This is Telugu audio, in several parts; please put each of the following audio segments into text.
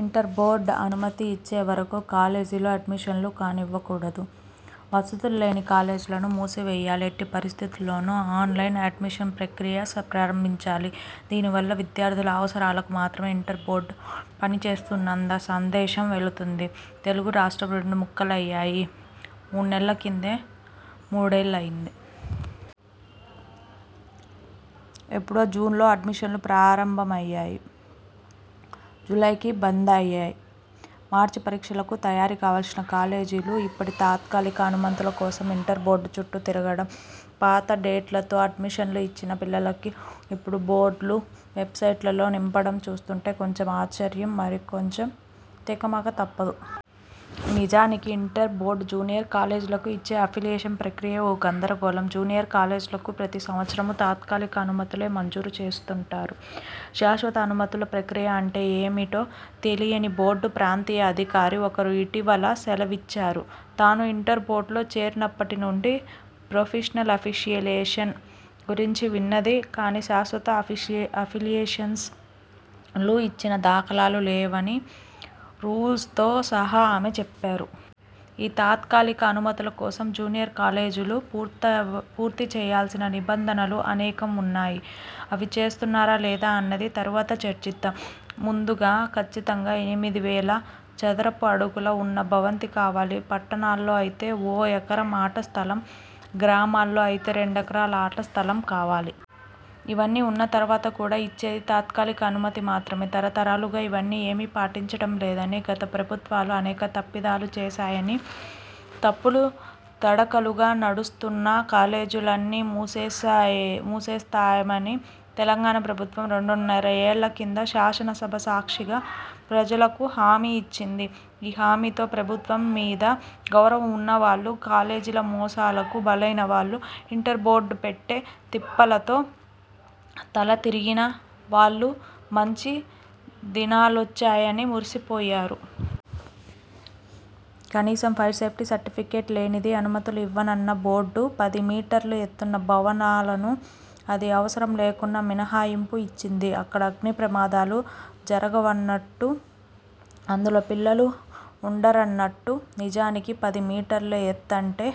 ఇంటర్ బోర్డు అనుమతి ఇచ్చే వరకూ కాలేజీల్లో అడ్మిషన్లు కానివ్వకూడదు. వసతులు లేని కాలేజీలను మూసివేయాలి. ఎట్టి పరిస్థితుల్లోనూ ఆన్లైన్ అడ్మిషన్ ప్రక్రియ స ప్రారంభించాలి. దీనివల్ల విద్యార్థుల అవసరాలకు మాత్రమే ఇంటర్ బోర్డు పనిచేస్తుందన్న సందేశం వెళుతుంది. తెలుగు రాష్ట్రం రెండు ముక్కలయి మూణ్ణెల్ల కిందే మూడేండ్లయింది. ఎప్పుడో జూన్లో అడ్మిషన్లు ప్రారంభమయ్యాయి, జూలైకి బందయి, మార్చి పరీక్షలకు తయారు కావాల్సిన కాలేజీలు ఇప్పటికీ తాత్కాలిక అనుమతుల కోసమే ఇంటర్ బోర్డు చుట్టూ తిరగడం, పాత డేట్లతో అడ్మిషన్లు ఇచ్చిన పిల్లలకి ఇప్పుడు బోర్డు వెబ్సైట్లలో నింపడం చూస్తుంటే కొంచెం ఆశ్చర్యం మరికొంచెం తికమక తప్పదు. నిజానికి ఇంటర్ బోర్డు జూనియర్ కాలేజీలకు ఇచ్చే అఫిలియేషన్ ప్రక్రియే ఓ గందరగోళం. జూనియర్ కాలేజీలకు ప్రతి సంవత్సరమూ తాత్కాలిక అనుమతులే మంజూరు చేస్తుంటారు. శాశ్వత అనుమతుల ప్రక్రియ అంటే ఏమిటో తెలియని బోర్డు ప్రాంతీయ అధికారి ఒకరు ఇటీవల సెలవిచ్చారు. తాను ఇంటర్ బోర్డులో చేరినప్పటి నుండి 'ప్రొవిజినల్ అఫిలియేషన్' గురించి విన్నది కాని శాశ్వత అఫిషి అఫిలియేషన్లు ఇచ్చిన దాఖలాలు లేవని రూల్సుతో సహా ఆమె చెప్పారు. ఈ తాత్కాలిక అనుమతుల కోసం జూనియర్ కాలేజీలు పూర్తావ్వ పూర్తిచేయాల్సిన నిబంధనలు అనేకం ఉన్నాయి. అవి చేస్తున్నారా లేదా అన్నది తరువాత చర్చిద్దాం. ముందుగా కచ్చితంగా ఎనిమిదివేల చదరపు అడుగులు ఉన్న భవంతి కావాలి. పట్టణాల్లో అయితే ఓ ఎకరం ఆట స్థలం, గ్రామాల్లో అయితే రెండెకరాల ఆట స్థలం కావాలి. ఇవన్నీ ఉన్న తర్వాత కూడా ఇచ్చేది తాత్కాలిక అనుమతి మాత్రమే. తరతరాలుగా ఇవన్నీ ఏమీ పాటించడం లేదనీ, గత ప్రభుత్వాలు అనేక తప్పిదాలు చేశాయని, తప్పుల తడకలుగా నడుస్తున్న కాలేజీలను మూసేయిస్తామనీ తెలంగాణ ప్రభుత్వం రెండున్నరేళ్ల కిందే శాసనసభ సాక్షిగా ప్రజలకు హామీఇచ్చింది. ఈ హామీతో ప్రభుత్వం మీద గౌరవం ఉన్నవాళ్లూ, కాలేజీల మోసాలకు బలైన వాళ్లూ, ఇంటర్ బోర్డు పెట్టే తిప్పలతో తల తిరిగిన వాళ్లూ మంచి దినాలొచ్చాయని మురిసిపోయారు. కనీసం ఫైర్సేఫ్టీ సర్టిఫికెటు లేనిది అనుమతులు ఇవ్వనన్న బోర్డు, పది మీటర్ల ఎత్తున్న భవనాలను అది అవసరం లేదన్న మినహాయింపు ఇచ్చింది, అక్కడ అగ్నిప్రమాదాలు జరగవన్నట్టూ అందులో పిల్లలు ఉండరన్నట్టూ. నిజానికి పది మీటర్ల ఎత్తంటే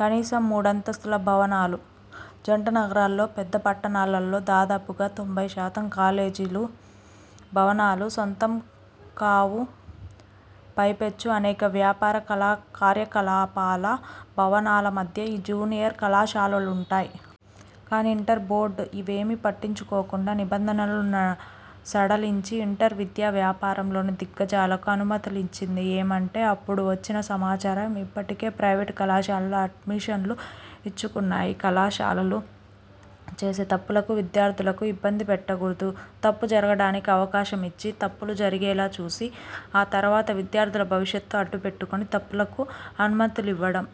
కనీసం మూడంతస్తుల భవనాలు. జంటనగరాల్లో పెద్దపట్టణాలల్లో దాదాపుగా తొంభై శాతం కాలేజీలు భవనాలు సొంతం కావు పైపెచ్చు అనేక వ్యాపార కార్యకలాపాల భవనాల మధ్య ఈ జూనియర్ కళాశాలలుంటాయి. కాని ఇంటర్ బోర్డు ఇవేమి పట్టించుకోకుండా నిబంధనలు సడలించి, ఇంటర్ విద్యా వ్యాపారంలోని దిగ్గజాలకు అనుమతులిచ్చింది. ఏమంటే అప్పుడు వచ్చిన సమాచారం 'ఇప్పటికే ప్రైవేటు కళాశాలలు అడ్మిషన్లు ఇచ్చుకున్నాయి, కళాశాలలు చేసే తప్పులకు విద్యార్థులకు ఇబ్బంది పెట్టకూడదు'. తప్పు జరగడానికి అవకాశమిచ్చి, తప్పులు జరిగేలా చూసి, ఆ తర్వాత విద్యార్థుల భవిష్యత్తు అడ్డుపెట్టుకుని తప్పులకు అనుమతులివ్వడం